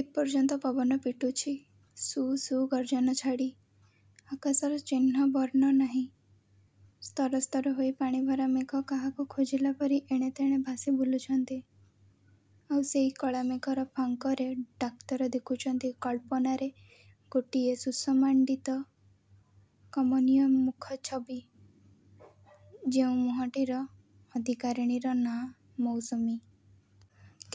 ଏପର୍ଯ୍ୟନ୍ତ ପବନ ପିଟୁଛି। ସୁ, ସୁ, ଗର୍ଜନ ଛାଡ଼ି। ଆକାଶର ଚିହ୍ନ ବର୍ଣ୍ଣ ନାହିଁ। ସ୍ତର ସ୍ତର ହୋଇ ପାଣିଭରା ମେଘ କାହାକୁ ଖୋଜିଲାପରି ଏଣେତେଣେ ଭାସି ବୁଲୁଛନ୍ତି। ଆଉ ସେଇ କଳାମେଘର ଫାଙ୍କରେ ଡାକ୍ତର ଦେଖୁଛନ୍ତି କଳ୍ପନାରେ ଗୋଟିଏ ସୁଷମାମଣ୍ଡିତ କମନୀୟ ମୁଖଛବି। ଯେଉଁ ମୁହଁଟିର ଅଧିକାରିଣୀର ନାଆଁ ମୌସୁମୀ।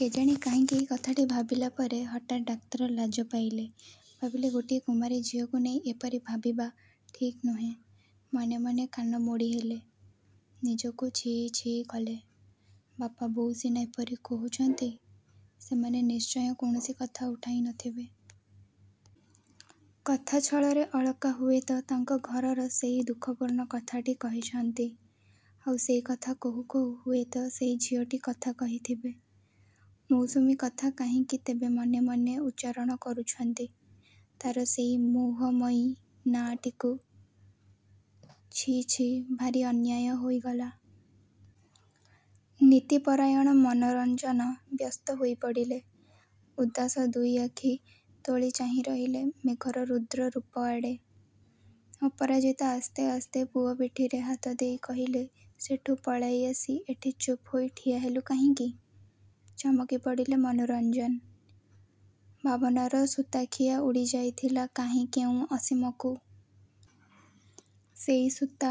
କେଜାଣି କାହିଁକି ଏଇ କଥାଟି ଭାବିଲାପରେ ହଠାତ୍ ଡାକ୍ତର ଲାଜ ପାଇଲେ। ଭାବିଲେ ଗୋଟିଏ କୁମାରୀ ଝିଅକୁ ନେଇ ଏପରି ଭାବିବା ଠିକ୍ ନୁହେଁ। ମନେ ମନେ କାନ ମୋଡ଼ିହେଲେ। ନିଜକୁ ଛି ଛି କଲେ। ବାପା ବୋଉ ସିନା ଏପରି କହୁଛନ୍ତି। ସେମାନେ ନିଶ୍ଚୟ କୌଣସି କଥା ଉଠାଇନଥିବେ। କଥାଛଳରେ ଅଳକା ହୁଏତ ତାଙ୍କ ଘରର ସେଇ ଦୁଃଖପୂର୍ଣ୍ଣ କଥାଟି କହିଛନ୍ତି। ଆଉ ସେଇ କଥା କହୁ କହୁ ହୁଏତ ସେଇ ଝିଅଟି କଥା କହିଥିବେ। ମୌସୁମୀ କଥା କାହିଁକି ତେବେ ମନେ ମନେ ଉଚ୍ଚାରଣ କରୁଛନ୍ତି ତା'ର ସେଇ ମୌହମୟୀ ନାଁଟିକୁ। ଛି ଛି, ଭାରି ଅନ୍ୟାୟ ହୋଇଗଲା। ନୀତିପରାୟଣ ମନୋରଞ୍ଜନ ବ୍ୟସ୍ତ ହୋଇପଡ଼ିଲେ। ଉଦାସ ଦୁଇଆଖି ତୋଳି ଚାହିଁରହିଲେ ମେଘର ରୁଦ୍ର ରୂପଆଡ଼େ। ଅପରାଜିତା ଆସ୍ତେ ଆସ୍ତେ ପୁଅ ପିଠିରେ ହାତଦେଇ କହିଲେ ସେଠୁ ପଳାଇଆସି ଏଠି ଚୁପ୍ ହୋଇ ଠିଆ ହେଲୁ କାହିଁକି? ଚମକିପଡ଼ିଲେ ମନୋରଞ୍ଜନ। ଭାବନାର ସୁତାଖିଅ ଉଡ଼ିଯାଇଥିଲା କାହିଁ କେଉଁ ଅସୀମକୁ। ସେଇ ସୁତା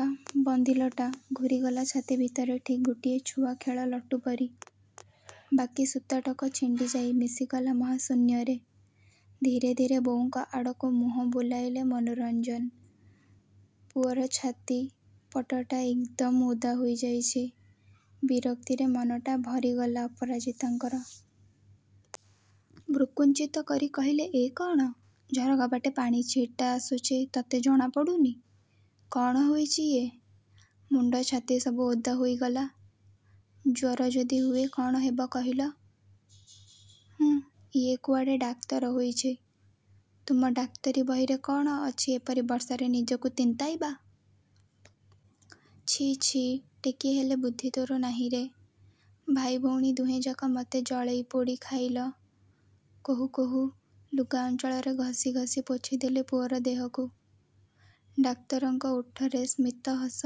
ବନ୍ଧିଲଟା ଘୂରିଗଲା ଛାତିଭିତରେ ଠିକ୍ ଗୋଟିଏ ଛୁଆ ଖେଳ ଲଟୁ ପରି। ବାକି ସୁତାଟକ ଛିଣ୍ଡିଯାଇ ମିଶିଗଲା ମହାଶୂନ୍ୟରେ। ଧୀରେ ଧୀରେ ବୋଉଙ୍କ ଆଡ଼କୁ ମୁହଁ ବୁଲାଇଲେ ମନୋରଞ୍ଜନ। ପୁଅର ଛାତି ପଟଟା ଏକଦମ୍ ଓଦା ହୋଇଯାଇଛି। ବିରକ୍ତିରେ ମନଟା ଭରିଗଲା ଅପରାଜିତାଙ୍କର। ଭ୍ରୂକୁଞ୍ଚିତ କରି କହିଲେ ଏ କ'ଣ? ଝରକାବାଟେ ପାଣି ଛିଟା ଆସୁଛି। ତତେ ଜଣାପଡ଼ୁନି? କ'ଣ ହୋଇଛି ଇଏ? ମୁଣ୍ଡ, ଛାତି ସବୁ ଓଦା ହୋଇଗଲା। ଜ୍ୱର ଯଦି ହୁଏ କ'ଣ ହେବ କହିଲ? ହୁଁ, ଇଏ କୁଆଡ଼େ ଡାକ୍ତର ହୋଇଛି। ତୁମ ଡାକ୍ତରି ବହିରେ କ'ଣ ଅଛି ଏପରି ବର୍ଷାରେ ନିଜକୁ ତିନ୍ତାଇବା। ଛି ଛି, ଟିକିଏ ହେଲେ ବୁଦ୍ଧି ତୋର ନାହିଁରେ? ଭାଇ ଭଉଣୀ ଦୁହେଁଯାକ ମୋତେ ଜଳେଇପୋଡ଼ି ଖାଇଲ। କହୁ କହୁ ଲୁଗା ଅଞ୍ଚଳରେ ଘସି ଘସି ପୋଛିଦେଲେ ପୁଅର ଦେହକୁ। ଡାକ୍ତରଙ୍କ ଓଠରେ ସ୍ମିତ ହସ।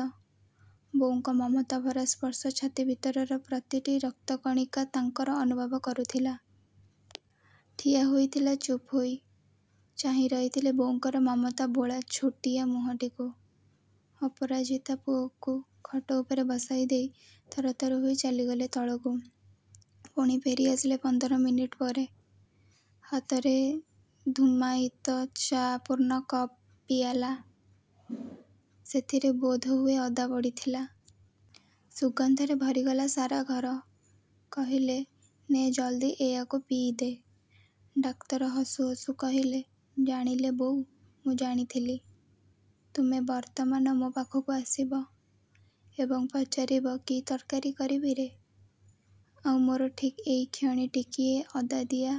ବୋଉଙ୍କ ମମତା ଭରା ସ୍ପର୍ଶ ଛାତି ଭିତରର ପ୍ରତିଟି ରକ୍ତକଣିକା ତାଙ୍କର ଅନୁଭବ କରୁଥିଲା। ଠିଆ ହୋଇଥିଲେ ଚୁପ୍ ହୋଇ। ଚାହିଁ ରହିଥିଲେ ବୋଉଙ୍କର ମମତା ବୋଳା ଛୋଟିଆ ମୁହଁଟିକୁ। ଅପରାଜିତା ପୁଅକୁ ଖଟ ଉପରେ ବସାଇଦେଇ ତରତର ହୋଇ ଚାଲିଗଲେ ତଳକୁ। ପୁଣି ଫେରିଆସିଲେ ପନ୍ଦର ମିନିଟ୍ ପରେ। ହାତରେ ଧୂମାୟିତ ଚା ପୂର୍ଣ୍ଣ କପ୍ ପିଆଲା। ସେଥିରେ ବୋଧହୁଏ ଅଦା ପଡ଼ିଥିଲା। ସୁଗନ୍ଧରେ ଭରିଗଲା ସାରା ଘର। କହିଲେ ନେ ଜଲଦି ଏଇଆକୁ ପିଇଦେ। ଡାକ୍ତର ହସୁ ହସୁ କହିଲେ ଜାଣିଲେ ବୋଉ, ମୁଁ ଜାଣିଥିଲି। ତୁମେ ବର୍ତ୍ତମାନ ମୋ ପାଖକୁ ଆସିବ। ଏବଂ ପଚାରିବ କି ତରକାରୀ କରିବିରେ! ଆଉ ମୋର ଠିକ୍ ଏଇକ୍ଷଣି ଟିକିଏ ଅଦାଦିଆ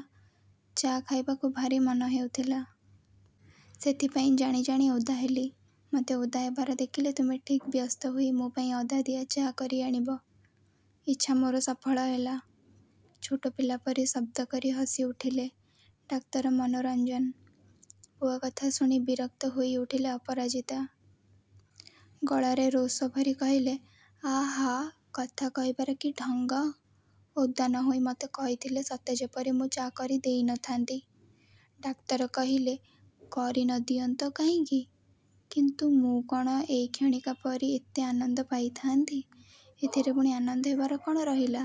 ଚା ଖାଇବାକୁ ଭାରି ମନହେଉଥିଲା। ସେଥିପାଇଁ ଜାଣି ଜାଣି ଓଦା ହେଲି। ମୋତେ ଓଦା ହେବାର ଦେଖିଲେ ତୁମେ ଠିକ୍ ବ୍ୟସ୍ତହୋଇ ମୋ ପାଇଁ ଅଦାଦିଆ ଚା କରିଆଣିବ। ଇଚ୍ଛା ମୋର ସଫଳ ହେଲା। ଛୋଟ ପିଲା ପରି ଶବ୍ଦ କରି ହସିଉଠିଲେ ଡାକ୍ତର ମନୋରଞ୍ଜନ। ପୁଅ କଥା ଶୁଣି ବିରକ୍ତ ହୋଇଉଠିଲେ ଅପରାଜିତା। ଗଳାରେ ରୋଷଭରି କହିଲେ–ଆହାଃ, କଥା କହିବାର କି ଢଙ୍ଗ! ଓଦା ନହୋଇ ମୋତେ କହିଥିଲେ ସତେଯେପରି ମୁଁ ଚା କରି ଦେଇନଥାନ୍ତି। ଡାକ୍ତର କହିଲେ କରି ନଦିଅନ୍ତ କାହିଁକି? କିନ୍ତୁ ମୁଁ କ'ଣ ଏଇକ୍ଷଣିକା ପରି ଏତେ ଆନନ୍ଦ ପାଇଥାନ୍ତି। ଏଥିରେ ପୁଣି ଆନନ୍ଦ ହେବାର କ'ଣ ରହିଲା?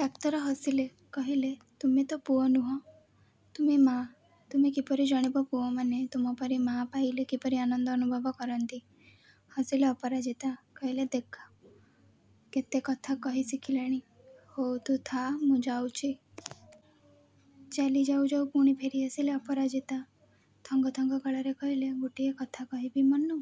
ଡାକ୍ତର ହସିଲେ, କହିଲେ ତୁମେ ତ ପୁଅ ନୁହଁ। ତୁମେ ମାଆ। ତୁମେ କିପରି ଜାଣିବ ପୁଅମାନେ ତୁମ ପରି ମାଆ ପାଇଲେ କିପରି ଆନନ୍ଦ ଅନୁଭବ କରନ୍ତି। ହସିଲେ ଅପରାଜିତା। କହିଲେ ଦେଖ, କେତେ କଥା କହି ଶିଖିଲାଣି। ହଉ ତୁ ଥାଆ, ମୁଁ ଯାଉଛି। ଚାଲି ଯାଉ ଯାଉ ପୁଣି ଫେରିଆସିଲେ ଅପରାଜିତା। ଥଙ୍ଗ ଥଙ୍ଗ ଗଳାରେ କହିଲେ, ଗୋଟିଏ କଥା କହିବି ମନୁ?